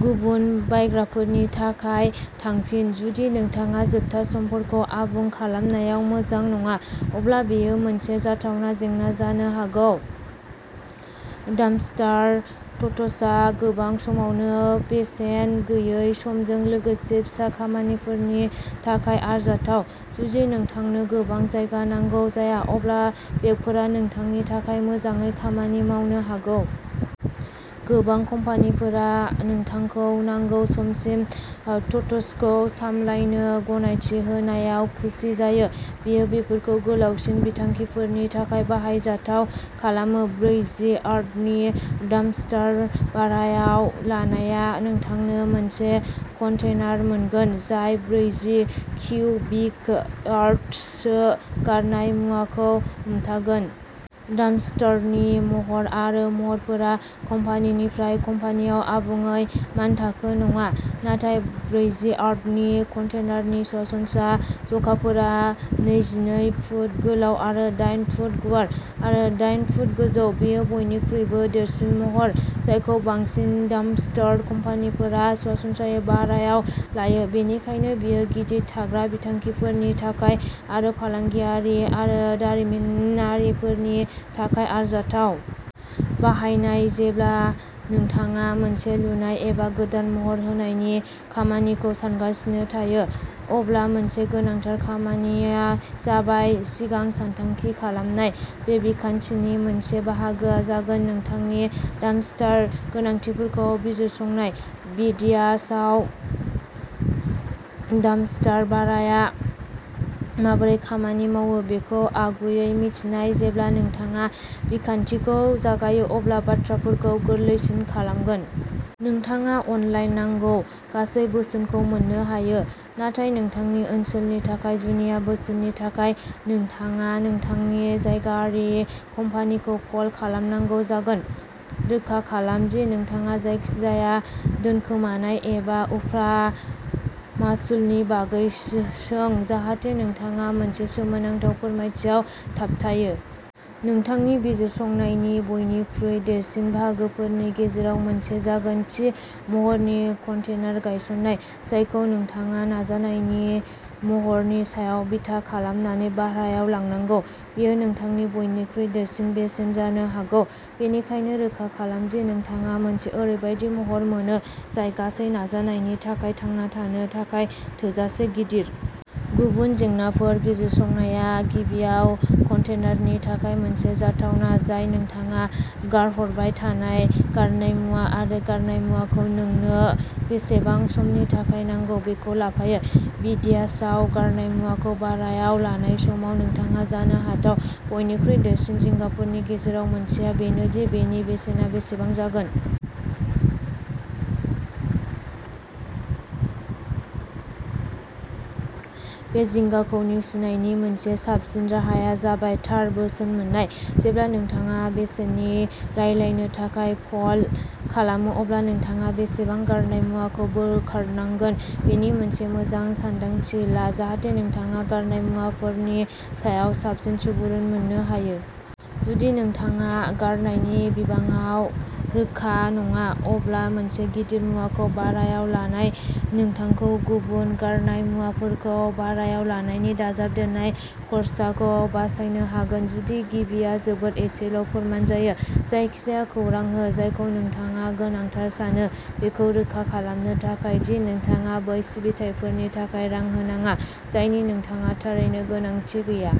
गुबुन बायग्राफोरनि थाखाय थांफिन। जुदि नोंथाङा जोबथा समफोरखौ आबुं खालामनायाव मोजां नङा अब्ला बेयो मोनसे जाथावना जेंना जानो हागौ। डाम्पस्टार टट्सआ गोबां समावनो बेसेन गैयै समजों लोगोसे फिसा खामानिफोरनि थाखाय आरजाथाव। जुदि नोंथांनो गोबां जायगा नांगौ जाया, अब्ला बेगफोरा नोंथांनि थाखाय मोजाङै खामानि मावनो हागौ। गोबां कम्पानिफोरा नोंथांखौ नांगौ समसिम ओ टट्सखौ सामलायनो गनायथि होनायाव खुसि जायो। बेयो बेफोरखौ गोलावसिन बिथांखिफोरनि थाखाय बाहायजाथाव खालामो। ब्रैजि यार्डनि डाम्पस्टार भारायाव लानाया नोंथांनो मोनसे कन्टेनार मोनगोन जाय ब्रैजि किउबिक यार्डसो गारनाय मुवाखौ हमथागोन। डाम्पस्टारनि महर आरो महरफोरा कम्पानिनिफ्राय कम्पानिआव आबुङै मानथाखो नङा, नाथाय ब्रैजि यार्डनि कन्टेनारनि सरासनस्रा जखाफोरा नैजिनै फुट गोलाव आरो दाइन फुट गुवार आरो दाइन फुट गोजौ। बेयो बयनिख्रुइबो देरसिन महर जायखौ बांसिन डाम्पस्टार कम्पानिफोरा सरासनस्रायै भारायाव लायो, बेनिखायनो बेयो गिदिर थाग्रा बिथांखिफोरनि थाखाय आरो फालांगियारि आरो दारिमिनारिफोरनि थाखाय आरजाथाव। बाहायनाय। जेब्ला नोंथाङा मोनसे लुनाय एबा गोदान महर होनायनि खामानिखौ सानगासिनो थायो, अब्ला मोनसे गोनांथार खामानिया जाबाय सिगां सानथांखि खालामनाय। बे बिखान्थिनि मोनसे बाहागोआ जागोन नोंथांनि डाम्पस्टार गोनांथिफोरखौ बिजिरसंनाय। बेदियासआव डाम्पस्टार भाराया माबोरै खामानि मावो बेखौ आगुयै मिथिनाया जेब्ला नोंथाङा बिखान्थिखौ जागायो अब्ला बाथ्राफोरखौ गोरलैसिन खालामगोन। नोंथाङा अनलाइन नांगौ गासै बोसोनखौ मोननो हायो, नाथाय नोंथांनि ओनसोलनि थाखाय जुनिया बोसोननि थाखाय, नोंथाङा नोंथांनि जायगायारि कम्पानिखौ कल खालामनांगौ जागोन। रोखा खालाम दि नोंथाङा जायखिजाया दोनखोमानाय एबा उफ्रा मासुलनि बागै सो सों, जाहाथे नोंथाङा मोनसे सोमोनांथाव फोरमायथियाव थाबथाबो। नोंथांनि बिजिरसंनायनि बयनिख्रुइ देरसिन बाहागोफोरनि गेजेराव मोनसे जागोन थि महरनि कन्टेनार गायसन्नाय, जायखौ नोंथाङा नाजानायनि महरनि सायाव बिथा खालामनानै भारायाव लानांगौ। बेयो नोंथांनि बयनिख्रुइ देरसिन बेसेन जानो हागौ, बेनिखायनो रोखा खालाम दि नोंथाङा मोनसे ओरैबायदि महर मोनो जाय गासै नाजानायनि थाखाय थांना थानो थाखाय थोजासे गिदिर। गुबुन जेंनाफोर बिजिरसंनाया गिबियाव कन्टेनारनि थाखाय मोनसे जाथावना जायगा, नोंथाङा गारहरबाय थानाय गारनाय मुवा आरो गारनाय मुवाखौ नोंनो बेसेबां समनि थाखाय नांगौ, बेखौ लाफायो। बेदियासआव गारनाय मुवाखौ भारायाव लानाय समाव नोंथांहा जानो हाथाव बयनिख्रुइ देरसिन जिंगाफोरनि गेजेराव मोनसेआ बेनो दि बेनि बेसेना बेसेबां जागोन। बे जिंगाखौ नेवसिनायनि मोनसे साबसिन राहाया जाबाय थार बोसोन मोन्नाय। जेब्ला नोंथाङा बेसेननि रायलायनो थाखाय कल खालामो अब्ला नोंथाङा बेसेबां गारनाय मुवाखौ बोखारनांगोन बेनि मोनसे मोजां सान्दांथि ला जाहाथे नोंथाङा गारनाय मुवाफोरनि सायाव साबसिन सुबुरुन मोननो हायो। जुदि नोंथाङा गारनायनि बिबाङाव रोखा नङा, अब्ला मोनसे गिदिर मुवाखौ भारायाव लानाया नोंथांखौ गुबुन गारनाय मुवाफोरखौ भारायाव लानायनि दाजाबदेरनाय खरसाखौ बासायनो हागोन जुदि गिबिआ जोबोद एसेल' फोरमान जायो। जायखिजाया खौरां हो, जायखौ नोंथाङा गोनांथार सानो, बेखौ रोखा खालामनो थाखाय दि नोंथाङा बै सिबिथाइफोरनि थाखाय रां होनाङा, जायनि नोंथाङा थारैनो गोनांथि गैया।